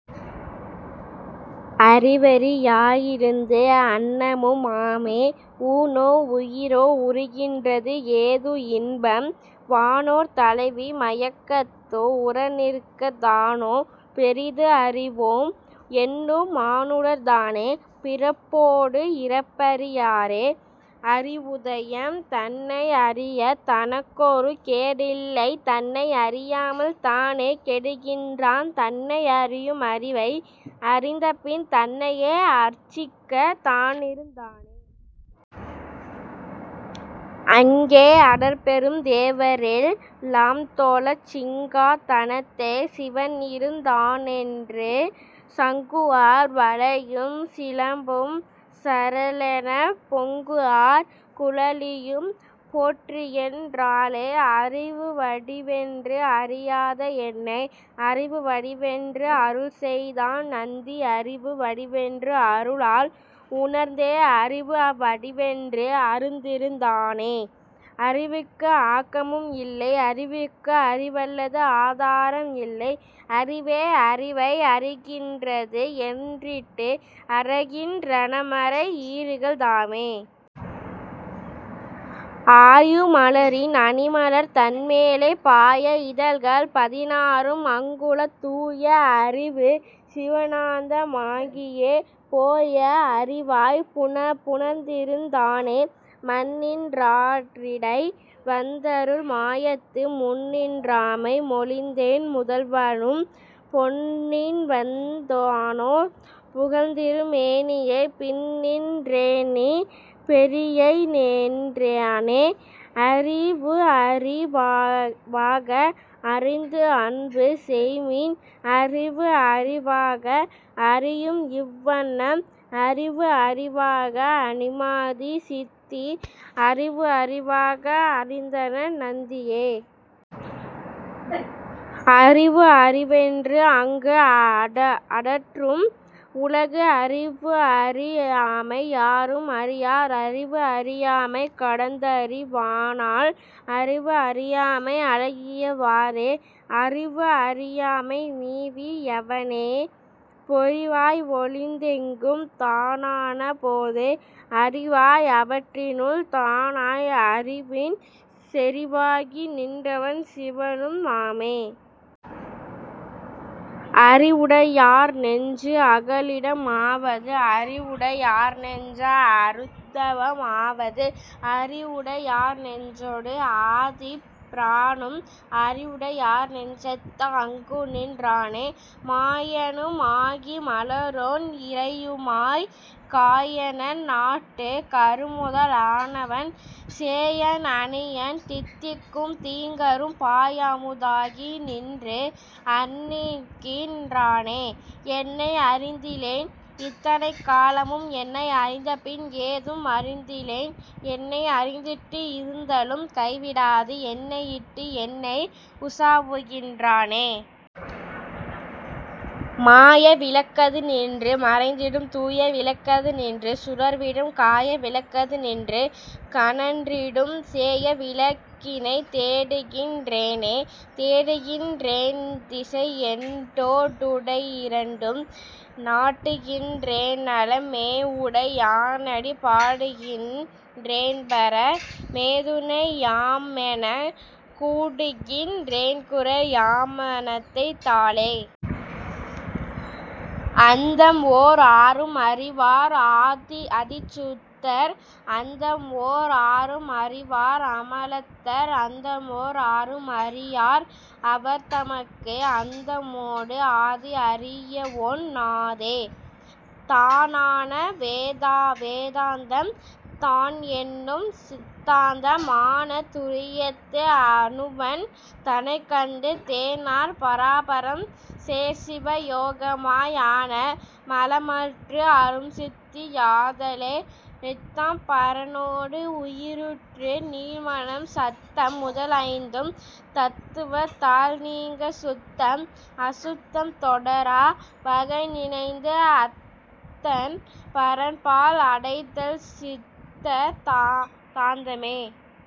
அறிவறி யாஇருந்து அன்னமும் ஆமே. ஊனோ உயிரோ உறுகின்றது ஏதுஇன்பம் வானோர் தலைவி மயக்கத்து உறநிற்கத் தானோ பெரிதுஅறி வோம் என்னும் மானுடர் தானே பிறப்போடு இறப்பறி யாரே.. அறிவுதயம் தன்னை அறியத் தனக்கொரு கேடில்லை தன்னை அறியாமல் தானே கெடுகின்றான் தன்னை அறியும் அறிவை அறிந்தபின் தன்னையே அர்ச்சிக்கத் தானிருந் தானே. அங்கே அடற்பெரும் தேவரெல் லாம்தொழச் சிங்கா தனத்தே சிவன்இருந் தானென்று சங்குஆர் வளையும் சிலம்பும் சரேலெனப் பொங்குஆர் குழலியும் போற்றிஎன் றாளே. அறிவு வடிவென்று அறியாத என்னை அறிவு வடிவென்று அருள்செய்தான் நந்தி அறிவு வடிவென்று அருளால் உணர்ந்தே அறிவு வடிவென்று அருந்திருந் தானே. அறிவுக்கு ஆக்கமும் இல்லை அறிவுக்கு அறிவல்லது ஆதாரம் இல்லை அறிவே அறிவை அறிகின்றது என்றிட்டு அறைகின் றனமறை ஈறுகள் தாமே. ஆயு மலரின் அணிமலர் தன்மேலே பாய இதழ்கள் பதினாறும் அங்குள தூய அறிவு சிவானாந்த மாகியே போய அறிவாய்ப் புணர்ந்திருந் தானே. மன்னிநின் றாரிடை வந்தருள் மாயத்து முன்னிநின் றாமை மொழிந்தேன் முதல்வனும் பொன்னின்வந் தானோர் புகழ்திரு மேனியைப் பின்னிநின் றேன்நீ பெரியையென் றானே. அறிவுஅறி வாக அறிந்துஅன்பு செய்மின் அறிவுஅறி வாக அறியும்இவ் வண்ணம் அறிவுஅறி வாக அணிமாதி சித்தி அறிவுஅறி வாக அறிந்தணன் நந்தியே. அறிவுஅறி வென்று அங்கு அரற்றும் உலகம் அறிவுஅறி யாமை யாரும் அறியார் அறிவுஅறி யாமை கடந்துஅறி வானால் அறிவுஅறி யாமை அழகிய வாறே. அறிவுஅறி யாமை நீவி யவனே பொறிவாய் ஒழிந்துஎங்கும் தானான போது அறிவாய் அவற்றினுள் தானாய் அறிவின் செறிவாகி நின்றவன் சிவனும் ஆமே. அறிவுடை யார்நெஞ்சு அகலிடம் ஆவது அறிவுடை யார்நெஞ்ச அருந்தவம் ஆவது அறிவுடை யார்நெஞ்சொடு ஆதிப் பிரானும் அறிவுடை யார்நெஞ்சத்து அங்குநின் றானே. மாயனும் ஆகி மலரோன் இறையுமாய்க் காயநன் னாட்டுக் கருமுதல் ஆனவன் சேயன் அணியன் தித்திக்கும் தீங்கரும் பாய்அமு தாகிநின்று அண்ணிக்கின் றானே. என்னை அறிந்திலேன் இத்தனை காலமும் என்னை அறிந்தபின் ஏதும் அறிந்திலேன் என்னை அறிந்திட்டு இருத்தலும் கைவிடாது என்னையிட்டு என்னை உசாவுகின் றானே. மாய விளக்கது நின்று மறைந்திடும் தூய விளக்கது நின்று சுடர்விடும் காய விளக்கது நின்று கனன்றிடும் சேய விளக்கினைத் தேடுகின் றேனை. தேடுகின் றேன்திசை எட்டோ டு இரண்டும் நாடுகின் றேன்நல மேஉடை யானடி பாடுகின் றேன்பர மேதுணை யாமெனக் கூடுகின் றேன்குறை யாமனைதைத் தாலே. அந்தம்ஓர் ஆறும் அறிவார் அதிசுத்தர் அந்தம்ஒர் ஆறும் அறிவார் அமலத்தர் அந்தம்ஓர் ஆறும் அறியார் அவர்தமக்கு அந்தமோடு ஆதி அறியஒண் ணாதே. தானான வேதாந்தம் தான்என்னும் சித்தாந்தம் ஆனத் துரியத்து அணுவன் தனைக்கண்டு தேனார் பராபரம் சேர்சிவ யோகமாய் ஆன மலமற்று அரும்சித்தி யாதலே. நித்தம் பரனோடு உயிருற்று நீள்மனம் சத்தம் முதல்ஐந்தும் தத்துவத் தால்நீங்கச் சுத்தம் அசுத்தம் தொடரா வகைநினைந்து அத்தன் பரன்பால் அடைதல்சித் தாந்தமே.